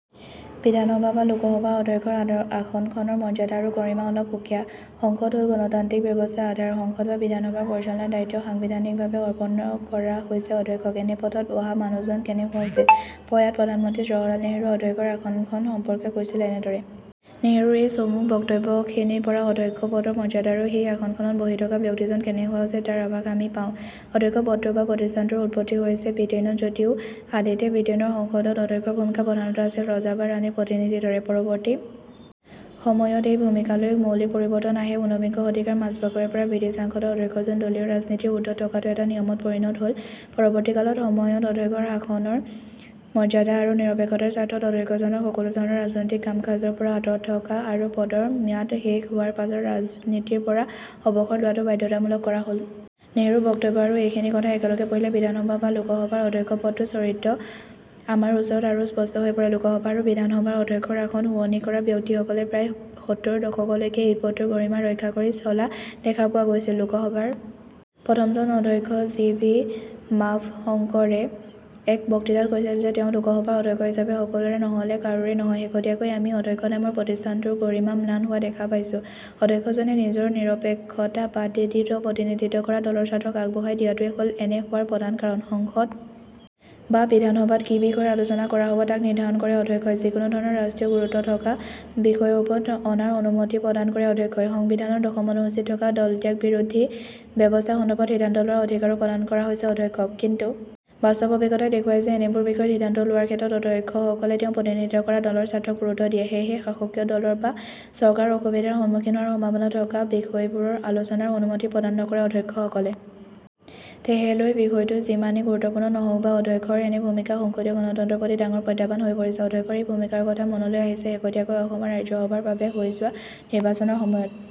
বিধানসভা বা লোকসভাৰ অধ্যক্ষৰ আসনখনৰ মৰ্যাদা আৰু গৰিমা অলপ সুকীয়া। সংসদ হ'ল গণতান্ত্ৰিক ব্যৱস্থাৰ আধাৰ। সংসদ বা বিধানসভাৰ পৰিচালনাৰ দায়িত্ব সাংবিধানিকভাৱে অৰ্পণ কৰা হৈছে অধ্যক্ষক। এনে পথত বহা মানুহজন কেনে হোৱা উচিত? প্ৰয়াত প্ৰধানমন্ত্ৰী জৱাহৰলাল নেহৰুৱে অধ্যক্ষৰ আসনখন সম্পৰ্কে কৈছিল এনেদৰে। নেহৰুৰ এই চমু বক্তব্যখিনিৰ পৰা অধ্যক্ষ পদৰ মৰ্যাদা আৰু সেই আসনখনত বহি থকা ব্যক্তিজন কেনে হোৱা উচিত তাৰ আভাস আমি পাওঁ। অধ্যক্ষ পদটো বা প্ৰতিষ্ঠানটোৰ উৎপত্তি হৈছে বৃটেইনত‌ যদিও আদিতে বৃটেইনৰ সংসদত অধ্যক্ষৰ ভূমিকা প্ৰধানতঃ আছিল ৰজা বা ৰাণীৰ প্ৰতিনিধিৰ দৰে। পৰৱৰ্তী সময়ত এই ভূমিকালৈ মৌলিক পৰিৱৰ্তন আহে। উনবিংশ শতিকাৰ মাজভাগৰে পৰা বৃটিছ সাংসদৰ অধ্যক্ষজন দলীয় ৰাজনীতিৰ উৰ্দ্ধত থকাটো এটা নিয়মত পৰিণত হ'ল। পৰৱৰ্তীকালত সময়ত অধ্যক্ষৰ আসনৰ মৰ্যাদা আৰু নিৰপেক্ষতাৰ স্বাৰ্থত অধ্যক্ষজনক সকলো ধৰণৰ ৰাজনৈতিক কাম কাজৰ পৰা আঁতৰত থকা আৰু পদৰ ম্যাদ শেষ হোৱাৰ পাছত ৰাজনীতিৰ পৰা অৱসৰ লোৱাটো বাধ্যতামূলক কৰা হ'ল। নেহৰুৰ বক্তব্য আৰু এইখিনি কথা একেলগে পঢ়িলে বিধানসভা বা লোকসভাৰ অধ্যক্ষ পদটোৰ চৰিত্ৰ আমাৰ ওচৰত আৰু স্পষ্ট হৈ পৰে। লোকসভা আৰু বিধানসভাসমূহৰ অধ্যক্ষৰ আসন শুৱনি কৰা ব্যক্তিসকলে প্ৰায় সত্তৰ দশকলৈকে এই পদটোৰ গৰিমা ৰক্ষা কৰি চলা দেখা পোৱা গৈছিল। লোকসভাৰ প্ৰথমজন অধ্যক্ষ জি ভি মাভসংকাৰে এক বক্তৃতাত কৈছিল যে তেওঁ লোকসভাৰ অধ্যক্ষ হিচাপে সকলোৰে নহ'লে কাৰোৰে নহয়। শেহতীয়াকৈ আমি অধ্যক্ষ নামৰ প্ৰতিষ্ঠানটোৰ গৰিমা ম্লান হোৱা দেখা পাইছোঁ। অধ্যক্ষজনে নিজৰ নিৰপেক্ষতা বাদ দি তেওঁ প্ৰতিনিধিত্ব কৰা দলৰ স্বাৰ্থক আগবঢ়াই দিয়াটোৱেই হ'ল এনে হোৱাৰ প্ৰধান কাৰণ। সংসদ বা বিধানসভাত কি বিষয়ৰ আলোচনা কৰা হ'ব তাক নিৰ্দ্ধাৰণ কৰে অধ্যক্ষই। যিকোনো ধৰণৰ ৰাষ্ট্ৰীয় গুৰুত্ব থকা বিষয়ৰ ওপৰত অনাৰ অনুমতি প্ৰদান কৰে অধ্যক্ষই। সংবিধানৰ দশম অনুসূচীত থকা দলত্যাগ বিৰোধী ব্যৱস্থাৰ সন্দৰ্ভত সিদ্ধান্ত লোৱাৰ অধিকাৰো প্ৰদান কৰা হৈছে অধ্যক্ষক। কিন্তু বাস্তৱ অভিজ্ঞতাই দেখুৱাইছে যে এনেবোৰ বিষয়ত সিদ্ধান্ত লোৱাৰ ক্ষেত্ৰত অধ্যক্ষসকলে তেওঁ প্ৰতিনিধিত্ব কৰা দলৰ স্বাৰ্থক গুৰুত্ব দিয়ে। সেয়েহে শাসকীয় দলৰ বা চৰকাৰ অসুবিধাৰ সন্মুখীন হোৱাৰ সম্ভাৱনা থকা বিষয়বোৰৰ আলোচনাৰ অনুমতি প্ৰদান নকৰে অধ্যক্ষসকলে। তেহেলৈ বিষয়টো যিমানেই গুৰুত্বপূৰ্ণ নহওক আৰু অধ্যক্ষৰ এনে ভূমিকা সংসদীয় গণতন্ত্ৰৰ প্ৰতি ডাঙৰ প্ৰত্যাহ্বান হৈ পৰিছে। অধ্যক্ষৰ এই ভূমিকাৰ কথা মনলৈ আহিছে শেহতীয়াকৈ অসমৰ ৰাজ্যসভাৰ বাবে হৈ যোৱা নিৰ্বাচনৰ সময়ত।